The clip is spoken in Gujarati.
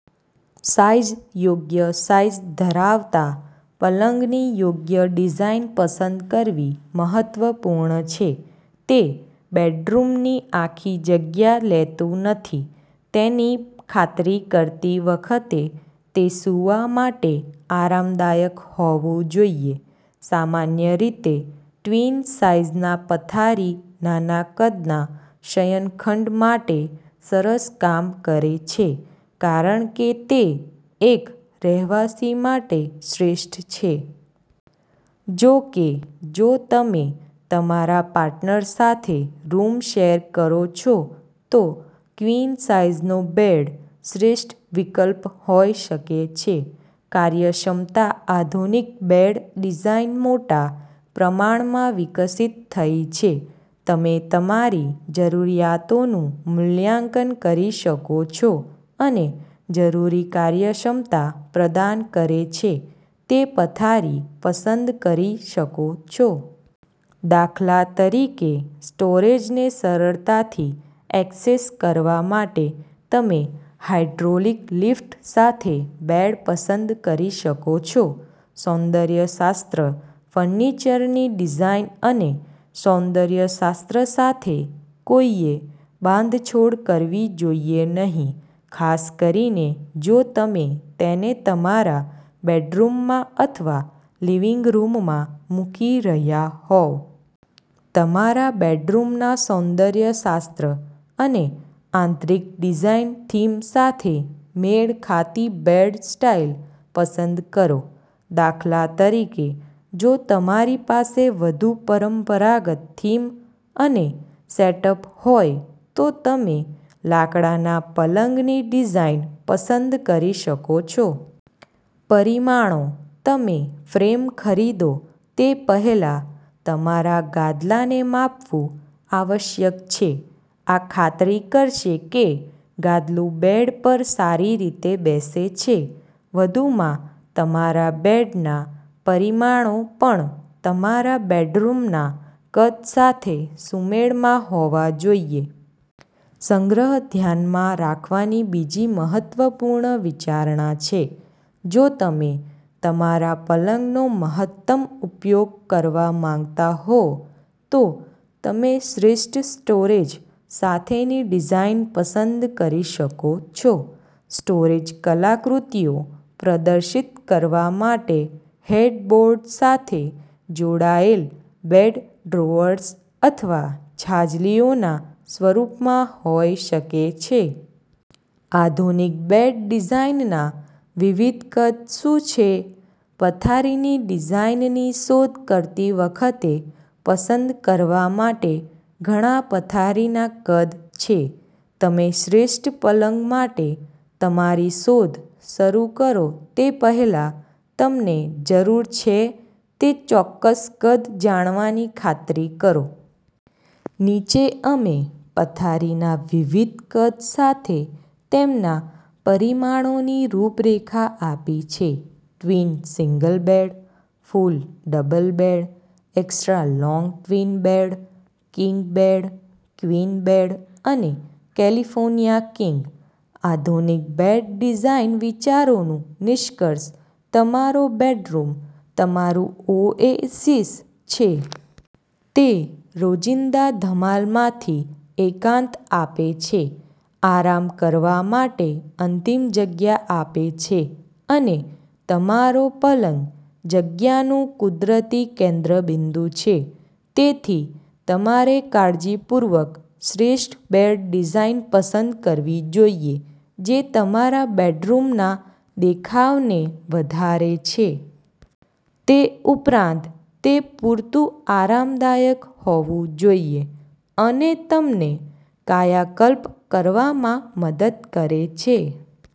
સાઈઝ યોગ્ય સાઈઝ ધરાવતા પલંગની યોગ્ય ડિઝાઈન પસંદ કરવી મહત્વપૂર્ણ છે. તે બેડરૂમની આખી જગ્યા લેતું નથી તેની ખાતરી કરતી વખતે તે સૂવા માટે આરામદાયક હોવું જોઈએ. સામાન્ય રીતે, ટ્વીન-સાઇઝના પથારી નાના-કદના શયનખંડ માટે સરસ કામ કરે છે કારણ કે તે એક રહેવાસી માટે શ્રેષ્ઠ છે. જો કે, જો તમે તમારા પાર્ટનર સાથે રૂમ શેર કરો છો, તો ક્વીન સાઈઝનો બેડ શ્રેષ્ઠ વિકલ્પ હોઈ શકે છે. કાર્યક્ષમતા આધુનિક બેડ ડિઝાઇન મોટા પ્રમાણમાં વિકસિત થઈ છે. તમે તમારી જરૂરિયાતોનું મૂલ્યાંકન કરી શકો છો અને જરૂરી કાર્યક્ષમતા પ્રદાન કરે છે તે પથારી પસંદ કરી શકો છો. દાખલા તરીકે, સ્ટોરેજને સરળતાથી એક્સેસ કરવા માટે તમે હાઇડ્રોલિક લિફ્ટ સાથે બેડ પસંદ કરી શકો છો. સૌંદર્ય શાસ્ત્ર ફર્નિચરની ડિઝાઇન અને સૌંદર્ય શાસ્ત્ર સાથે કોઈએ બાંધછોડ કરવી જોઈએ નહીં, ખાસ કરીને જો તમે તેને તમારા બેડરૂમમાં અથવા લિવિંગ રૂમમાં મૂકી રહ્યાં હોવ. તમારા બેડરૂમના સૌંદર્ય શાસ્ત્ર અને આંતરીક ડિઝાઇન થીમ સાથે મેળ ખાતી બેડ સ્ટાઇલ પસંદ કરો. દાખલા તરીકે, જો તમારી પાસે વધુ પરંપરાગત થીમ અને સેટઅપ હોય, તો તમે લાકડાના પલંગની ડિઝાઇન પસંદ કરી શકો છો. પરિમાણો તમે ફ્રેમ ખરીદો તે પહેલાં તમારા ગાદલાને માપવું આવશ્યક છે. આ ખાતરી કરશે કે ગાદલું બેડ પર સારી રીતે બેસે છે. વધુમાં, તમારા બેડના પરિમાણો પણ તમારા બેડરૂમના કદ સાથે સુમેળમાં હોવા જોઈએ. સંગ્રહ ધ્યાનમાં રાખવાની બીજી મહત્વપૂર્ણ વિચારણા છે. જો તમે તમારા પલંગનો મહત્તમ ઉપયોગ કરવા માંગતા હો, તો તમે શ્રેષ્ઠ સ્ટોરેજ સાથેની ડિઝાઇન પસંદ કરી શકો છો. સ્ટોરેજ કલાકૃતિઓ પ્રદર્શિત કરવા માટે હેડબોર્ડ સાથે જોડાયેલ બેડ ડ્રોઅર્સ અથવા છાજલીઓના સ્વરૂપમાં હોઈ શકે છે. આધુનિક બેડ ડિઝાઇનના વિવિધ કદ શું છે? પથારીની ડિઝાઇનની શોધ કરતી વખતે, પસંદ કરવા માટે ઘણા પથારીના કદ છે. તમે શ્રેષ્ઠ પલંગ માટે તમારી શોધ શરૂ કરો તે પહેલાં, તમને જરૂર છે તે ચોક્કસ કદ જાણવાની ખાતરી કરો. નીચે અમે પથારીના વિવિધ કદ સાથે તેમના પરિમાણોની રૂપરેખા આપી છે. Twin single bed, full double bed, extra long twin bed, king bed, queen bed અને કેલિફોર્નિયા કિંગ. આધુનિક બેડ ડિઝાઇન વિચારોનું નિષ્કર્ષ તમારો બેડરૂમ તમારું ઓએસિસ છે. તે રોજિંદા ધમાલમાંથી એકાંત આપે છે, આરામ કરવા માટે અંતિમ જગ્યા આપે છે. અને તમારો પલંગ જગ્યાનું કુદરતી કેન્દ્રબિંદુ છે. તેથી, તમારે કાળજીપૂર્વક શ્રેષ્ઠ બેડ ડિઝાઇન પસંદ કરવી જોઈએ જે તમારા બેડરૂમના દેખાવને વધારે છે. તે ઉપરાંત, તે પૂરતું આરામદાયક હોવું જોઈએ અને તમને કાયાકલ્પ કરવામાં મદદ કરે છે.